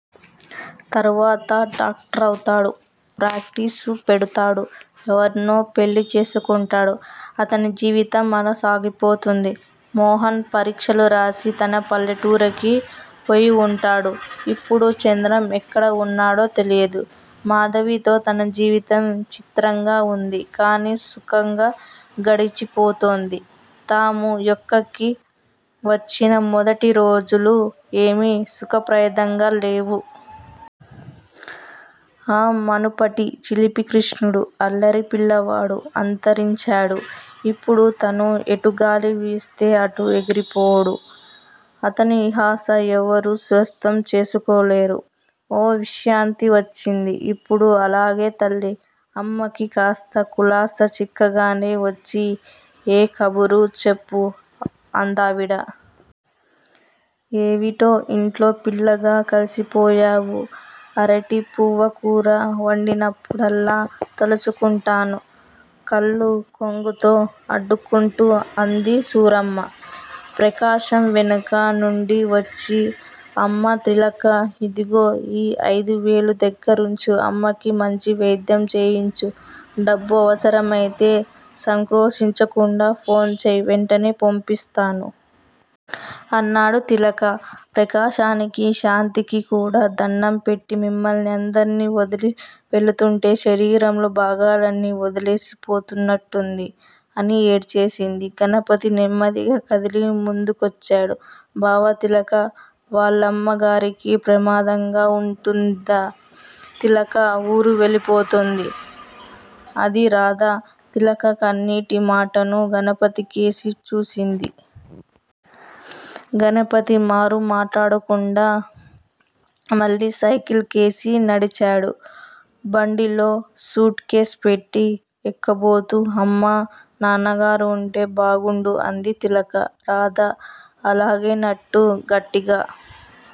తరువాత డాక్టరౌతాడు. ప్రాక్టీసు పెడతాడు. ఎవర్నో పెళ్ళి చేసుకుంటాడు. అతని జీవితం అలా సాగిపోతుంది. మోహన్ పరీక్షలు రాసి తన పల్లెటూరికి పోయివుంటాడు. ఇప్పుడు చంద్రం ఎక్కడ వున్నాడో తెలియదు. మాధవితో తన జీవితం చిత్రంగా వుంది. కానీ సుఖంగా గడిచిపోతోంది. తాము యోక్కకి వచ్చిన మొదటి రోజులు ఏమీ సుఖప్రయిథంగా లేవు. ఆ మనుపటి చిలిపి కృష్ణుడు, అల్లరి పిల్లవాడు అంతరించాడు. ఇప్పుడు తను ఎటు గాలి వీస్తే అటు ఎగిరిపోడు. తననిహ ఎవరూ స్వంతం చేసుకోలేరు. ఓ విశిష్టత వచ్చింది యిప్పుడు. అలాగే తల్లీ! అమ్మకి కాస్త కులాసా చిక్కగానే వచ్చి ఏ కబురూ చెప్పు అందావిడ. ఏవిటో ఇంట్లో పిల్లగా కలిసిపోయావు. అరటి పువ్వు కూర వండినప్పుడల్లా తలుచుకుంటాను! కళ్ళు కొంగుతో అడ్డుకుంటూ అంది సూరమ్మ. ప్రకాశం వెనక నుండి వచ్చి, అమ్మా, తిలకా! ఇదిగో ఈ ఐదు వేలూ దగ్గరుంచు అమ్మకి మంచి వైద్యం చేయించు, డబ్బు అవసరం అయితే సంకోచించకుండా ఫోన్ చెయ్యి, వెంటనే పంపిస్తాను! అన్నాడు. తిలక ప్రకాశానికీ, శాంతకీ కూడా దండం పెట్టి మిమ్మల్ని అందర్నీ వదలి వెళుతుంటే శరీరంలో భాగాల్ని వదిలేసి పోతున్నట్లుంది! అని ఏడ్చేసింది. గణపతి నెమ్మదిగా కదిలి ముందుకొచ్చాడు. బావా! తిలకా వాళ్ళమ్మ గారికి ప్రమాదంగా ఉంటుదట. తిలక ఊరు వెళ్ళిపోతుంది! అది రాధ. తిలక కన్నీటి మాటున గణపతికేసి చూసింది. గణపతి మారు మాట్లాడకుండా మళ్ళీ సైకిల్ కేసి నడిచాడు. బండిలో సూట్ కేస్ పెట్టి ఎక్కబోతూ, అమ్మా, నాన్నగారూ ఉంటే బాగుండు అంది తిలక. రాధ ఆలేనట్లు గట్టిగా